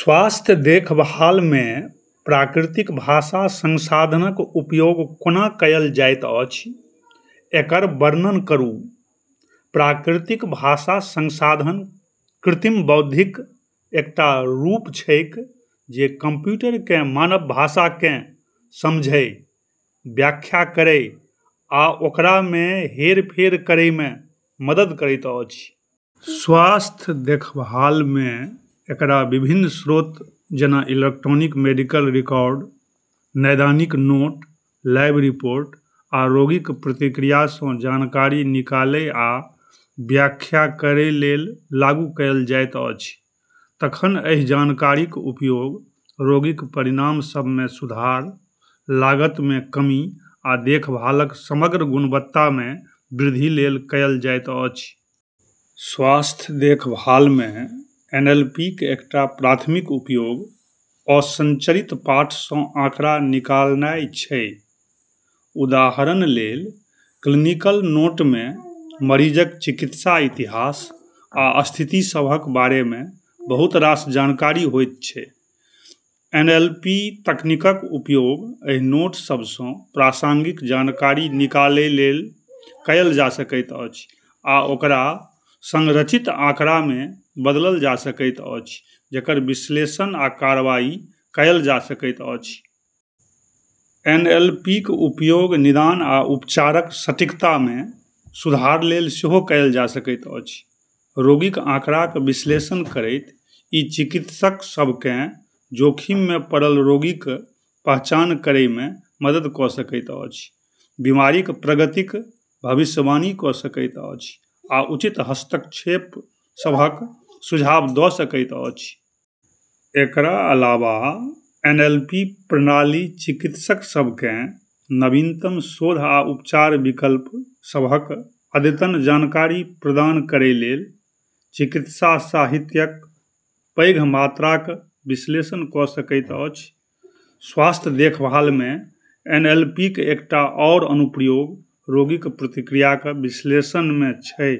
स्वास्थ्य देखभालमे प्राकृतिक भाषा संसाधनक उपयोग कोना कएल जाइत अछि, एकर वर्णन करू। प्राकृतिक भाषा संसाधन कृत्रिम बुद्धिक एकटा रूप छैक जे कंप्यूटरकेँ मानव भाषाकेँ समझै, व्याख्या करै आ ओकरामे हेरफेर करैमे मदद करैत अछि। स्वास्थ्य देखभालमे एकरा विभिन्न स्रोत जेना इलेक्ट्रॉनिक मेडिकल रिकॉर्ड, नैदानिक नोट, लैब रिपोर्ट, आ रोगीक प्रतिक्रियासँ जानकारी निकालै आ व्याख्या करैलेल लागू कएल जाइत अछि। तखन एहि जानकारीक उपयोग रोगीक परिणाम सभमे सुधार, लागतमे कमी आ देखभालक समग्र गुणवत्तामे वृद्धिलेल कएल जाइत अछि। स्वास्थ्य देखभालमे एनएलपीक एकटा प्राथमिक उपयोग असंरचित पाठसँ आंकड़ा निकालनाइ छै। उदाहरणलेल, क्लिनिकल नोटमे मरीजक चिकित्सा इतिहास आ स्थिति सभक बारेमे बहुत रास जानकारी होइत छै। एनएलपी तकनीकक उपयोग एहि नोट सभसँ प्रासंगिक जानकारी निकालैलेल कएल जा सकैत अछि, आ ओकरा संरचित आंकड़ामे बदलल जा सकैत अछि जेकर विश्लेषण आ कारबाई कएल जा सकैत अछि। एनएलपीक उपयोग निदान आ उपचारक सटीकतामे सुधारलेल सेहो कएल जा सकैत अछि। रोगीक आंकड़ाक विश्लेषण करैत, ई चिकित्सक सभकेँ जोखिममे पड़ल रोगीक पहचान करैमे मदद कऽ सकैत अछि, बीमारीक प्रगतिक भविष्यवाणी कऽ सकैत अछि आ उचित हस्तक्षेप सभक सुझाव दऽ सकैत अछि। एकरा अलावा, एनएलपी प्रणाली चिकित्सक सभकेँ नवीनतम शोध आ उपचार विकल्प सभक अद्यतन जानकारी प्रदान करैलेल चिकित्सा साहित्यक पैघ मात्राक विश्लेषण कऽ सकैत अछि। स्वास्थ्य देखभालमे एनएलपीक एकटा आओर अनुप्रयोग रोगीक प्रतिक्रियाक विश्लेषणमे छै।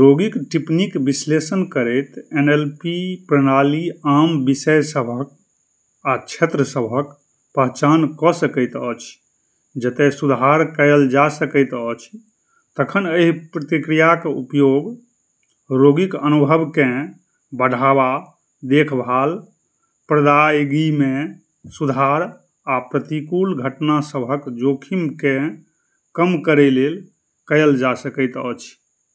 रोगीक टिप्पणीक विश्लेषण करैत एनएलपी प्रणाली आम विषय सभक आ क्षेत्र सभक पहचान कऽ सकैत अछि जतय सुधार कएल जा सकैत अछि। तखन एहि प्रतिक्रियाक उपयोग रोगीक अनुभवकेँ बढ़ावा, देखभाल प्रदायगीमे सुधार आ प्रतिकूल घटना सभक जोखिमकेँ कम करैलेल कएल जा सकैत अछि।